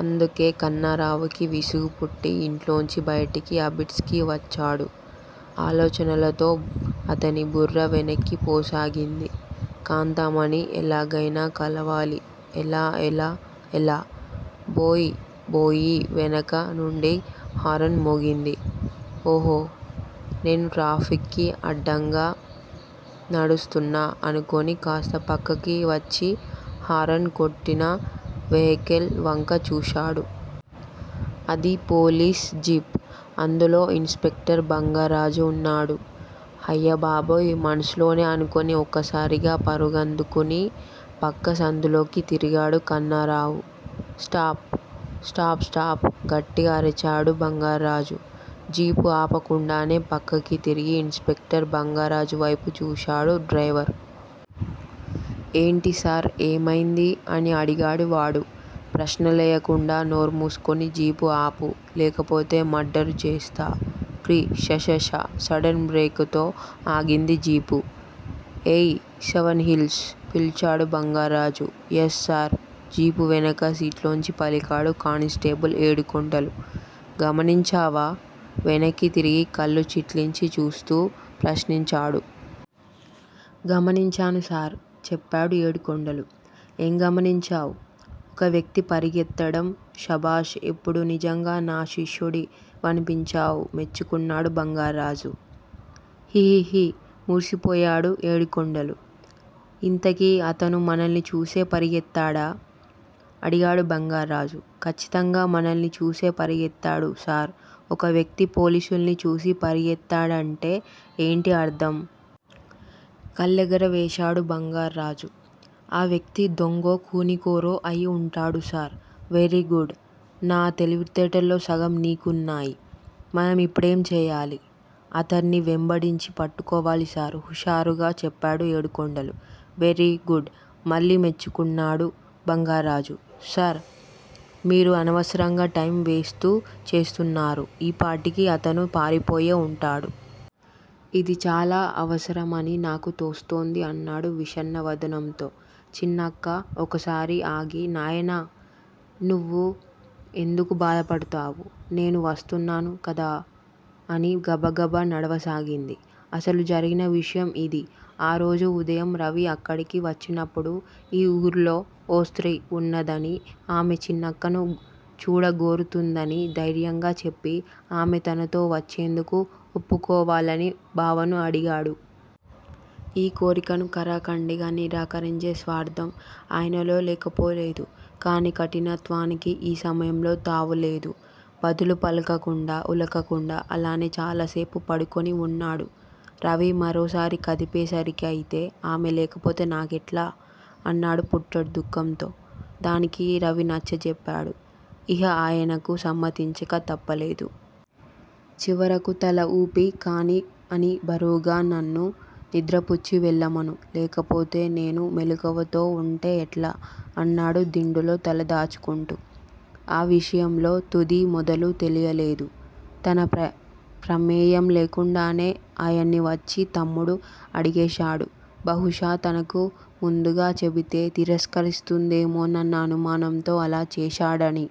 అందుకే కన్నరావుకి విసుగు పుట్టి యింట్లోంచి బయటపడి అబిడ్స్ కి వచ్చాడు. ఆలోచనలతో అతని బుర్ర వేనక్కి పోసాగింది. కాంతామణి ఎలాగ్తెనా కలవాలి! ఎలా? ఎలా? ఎలా! బోయ్ బోయి వెనక నుండి హరన్ మోగింది. ఓహో నేను ట్రాఫిక్ కి అడ్డుగా నడుస్తున్నా అనుకుని కాస్త పక్కకి వచ్చి హరన్ కొట్టిన వెహికల్ వంక చూశాడు. అది పోలిస్ జిప్. అందులో ఇన్ స్పెక్టర్ బంగార్రాజు ఉన్నాడు. హయ్యబాబోయ్ మనసులోనే అనుకుని ఒక్కసారిగా పరుగందుకుని పక్క సందులోకి తిరిగాడు కన్నారావు. స్టాప్- స్టాప్ స్టాప్ గట్టిగా అరిచాడు బంగార్రాజు. జీపు ఆపకుండానే పక్కకి తిరిగి ఇన్స్ స్పెక్టర్ బంగార్ర్రాజు వ్తెపు చూశాడు డ్రైవరు. ఎంటిసార్? ఏమ్తెంది?? అని అడిగాడు వాడు. ప్రశ్నలేయ్యకుండా నోర్ముసుకొని జీపు ఆపు. లేకపోతే మర్డరు చేస్తా క్రి షషష సడెన్ బ్రేకుతో ఆగింది జీపు. ఏయ్ సెవెన్ హిల్స్! పిలిచాడు బంగార్రాజు. యస్ సార్ జీపు వెనక సీట్లోంచి పలికాడు కానిస్టేబులు ఏడుకొండలు. గమనించావా? వెనక్కి తిరిగి కళ్ళుచిట్లించి చూస్తూ ప్రశ్నించాడు. గమనించాను సార్ చెప్పాడు ఏడుకొండలు. ఏం గమనించావ్? ఒక వ్యక్తి పరిగెత్తడం శభాష్ ఇప్పుడు నిజంగా నా శిష్యుడి వనిపించావ్ మెచ్చుకున్నాడు బంగార్రాజు. హిహిహి మురిసిపోయాడు ఏడుకొండలు. ఇంతకి అతను మనల్ని చూసే పరిగెత్తడా? అడిగాడు బంగార్రాజు. కచ్చితంగా మనల్ని చూసే పరిగెత్తాడు సార్ ఒక వ్యక్తి పోలిసుల్ని చూసి పరిగేత్తడంటే ఏంటి అర్ధం? కళ్ళేగర వేశాడు బంగార్రాజు. ఆ వ్యక్తి దొంగో, ఖూనికోరో అయి ఉంటాడు సార్ వెర్రి గుడ్ నా తెలివితేటల్లో సగం నికున్నాయి, మనం ఇప్పడేం చెయ్యాలి! అతన్ని వెంబడించి పట్టుకోవాలి సార్ హుషారుగా చెప్పాడు ఏడుకొండలు. వెర్రి గుడ్ మళ్ళి మెచ్చుకున్నాడు బంగార్రాజు. సార్! మీరు అనవసరంగా టైమ్ వేస్తూ చేస్తున్నారు, ఈపాటికి అతను పారిపోయే ఉంటాడు. ఇది చాలా అవసరమని నాకు తోస్తోంది అన్నాడు విషణ్ణ వదనంతో. చిన్నక్క ఒక్కసారి ఆగి నాయనా! నువ్వు ఎందుకు బాధపడతావు? నేను వస్తున్నాను కదా! అని గబగబా నడవసాగింది. అసలు జరిగిన విషయం ఇది. ఆరోజు ఉదయం రవి అక్కడికి వచ్చినప్పుడు ఈ ఊళ్ళో ఓ స్త్రీ వున్నదనీ, ఆమె చిన్నక్కను చూడగోరుతుందనీ ధైర్యంగా చెప్పి, ఆమె తనతో వచ్చేందుకు ఒప్పుకోవాలని బావను అడిగాడు. ఈ కోరికను ఖరాఖండిగా నిరాకరించే స్వార్ధం ఆయనలో లేకపోలేదు. కానీ కఠినత్వానికి ఈ సమయంలో తావులేదు. బదులు పలకకుండా, ఉలకకుండా అలానే చాలాసేపు పడుకొని వున్నాడు. రవి మరోసారి కదిపేసరికిఅయితే, ఆమె లేకపోతే నాకెట్లా? అన్నాడు పుట్టెడు దుఃఖంతో. దానికి రవి నచ్చజెప్పాడు. ఇహ ఆయనకు సమ్మతించక తప్పలేదు. చివరకు తల ఊపి కానీ అని బరువుగా నన్ను నిద్రపుచ్చి వెళ్ళమను. లేకపోతే నేను మెలకువతో వుంటే ఎట్లా? అన్నాడు దిండులో తల దాచుకుంటూ. ఆ విషయంలో తుదీ మొదలూ తెలియలేదు. తన ప్రమేయంలేకుండానే ఆయన్ని వచ్చి తమ్ముడు అడిగేశాడు. బహుశా తనకు ముందుగా చెబితే తిరస్కరిస్తుందేమోనన్న అనుమానంతో అలా చేశాడని